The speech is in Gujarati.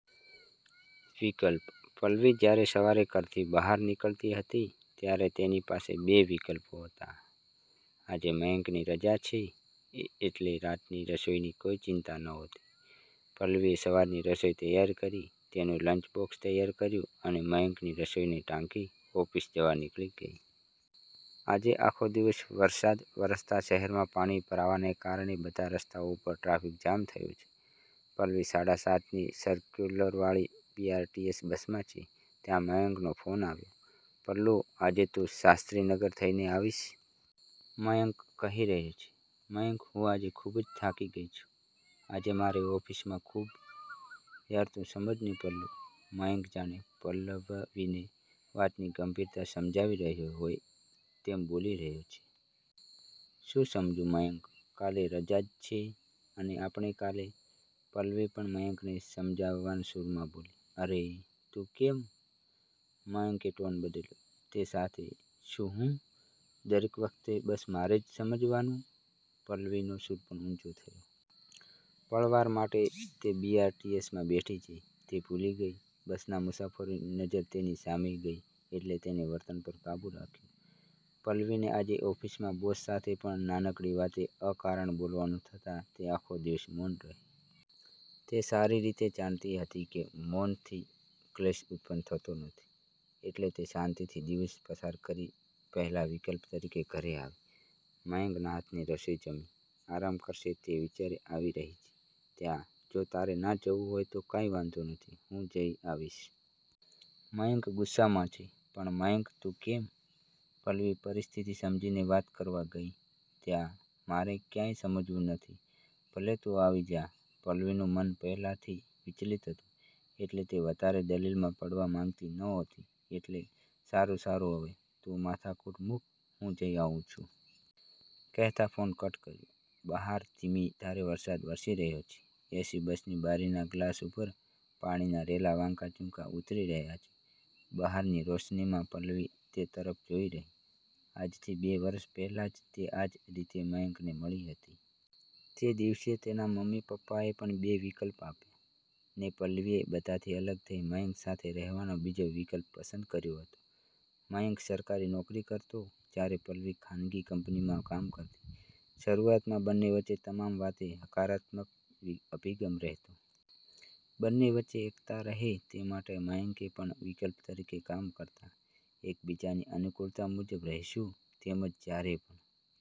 વિકલ્પ: પલ્લવી જ્યારે સવારે ઘરથી બહાર નીકળી હતી ત્યારે તેની પાસે બે વિકલ્પો હતા! આજે મયંકની રજા છે, એટલે રાતની રસોઈની કોઈ ચિંતા નહોતી. પલ્લવીએ સવારની રસોઈ તૈયાર કરી તેનું લન્ચબોક્સ તૈયાર કર્યું અને મયંકની રસોઈને ઢાંકી ઓફીસ જવા નીકળી ગઈ. આજે આખો દિવસ વરસાદ વરસતા શહેરમાં પાણી ભરાવાને કારણે બધા રસ્તાઓ ઉપર ટ્રાફિક જામ થયો છે. પલ્લવી સાડા સાત ની સરક્યુલરવાળી બી.આર.ટી.એસ. બસમાં છે. ત્યાં મયંકનો ફોન આવ્યો, "પલ્લુ, આજે તું શાસ્ત્રીનગર થઈને આવીશ?" મયંક કહી રહ્યો છે. "મયંક હું આજે ખૂબ જ થાકી ગઈ છું. આજે મારે ઓફીસમાં ખૂબ." "યાર તું સમજ ને પલ્લુ." મયંક જાણે પલ્લવવીને વાતની ગંભીરતા સમજાવી રહ્યો હોય તેમ બોલી રહ્યો છે! "શું સમજુ મયંક? કાલે રજા જ છે, અને આપણે કાલે," પલ્લવી પણ મયંકને સમજાવવાના સૂરમાં બોલી."'અરે… તું કેમ?" મયંકે ટોન બદલ્યો. તે સાથે "શું, હું? દરેક વખતે બસ મારે જ સમજવાનું?" પલ્લવીનો સૂર પણ ઉંચો થયો. પળવાર માટે તે બી.આર.ટી.એસ.માં બેઠી છે તે ભૂલી ગઈ. બસના મુસાફરોની નજર તેની સામે ગઈ એટલે તેણે વર્તન પર કાબૂ રાખ્યો. પલ્લવીને આજે ઓફિસમાં બોસ સાથે પણ નાનકડી વાતે અકારણ બોલવાનું થતા તે આખો દિવસ મૌન રહી. તે સારી રીતે જાણતી હતી કે મૌનથી ક્લેશ ઉતપન્ન થતો નથી, એટલે તે શાંતિથી દિવસ પસાર કરી પહેલા વિકલ્પ તરીકે ઘરે આવી મયંકના હાથની રસોઈ જમી, આરામ કરશે તે વિચારે આવી રહી છે, ત્યાં, "જો તારે ના જવું હોય તો કાંઈ વાંધો નથી હું જઈ આવીશ." મયંક ગુસ્સામાં છે. "પણ મયંક તું કેમ?" પલ્લવી પરિસ્થિતિ સમજીને વાત કરવા ગઈ ત્યાં, "મારે કાંઈ સમજવું નથી, ભલે તું આવી જા". પલ્લવીનું મન પહેલાથી વિચલિત હતું એટલે તે વધારે દલીલમાં પડવા માંગતી નહોતી એટલે, "સારું-સારું હવે, તું માથાકૂટ મૂક, હું જઈ આવું છું". કહેતા ફોન કટ કર્યો. બહાર ધીમી ધારે વરસાદ વરસી રહ્યો છે. એ.સી. બસની બારીના ગ્લાસ ઊપર પાણીના રેલા વાંકાચૂકા ઊતરી રહ્યા છે. બહારની રોશનીમાં પલ્લવી તે તરફ જોઈ રહી. આજથી બે વરસ પહેલાં જ તે આજ રીતે મયંકને મળી હતી. તે દિવસે તેના મમ્મી-પપ્પા એ પણ બે વિકલ્પ આપ્યા, ને પલ્લવીએ બધાથી અલગ થઈ મયંક સાથે રહેવાનો બીજો વિકલ્પ પસંદ કર્યો હતો. મયંક સરકારી નોકરી કરતો, જયારે પલ્લવી ખાનગી કંપનીમાં કામ કરતી. શરૂઆતમાં બંને વચ્ચે તમામ વાતે હકારાત્મક અભિગમ રહેતો. બંને વચ્ચે એકતા રહે તે માટે મયંકે પણ વિકલ્પ તરીકે કામ કરતા એક બીજાની અનુકૂળતા મુજબ રહેશું, તેમજ જ્યારે પણ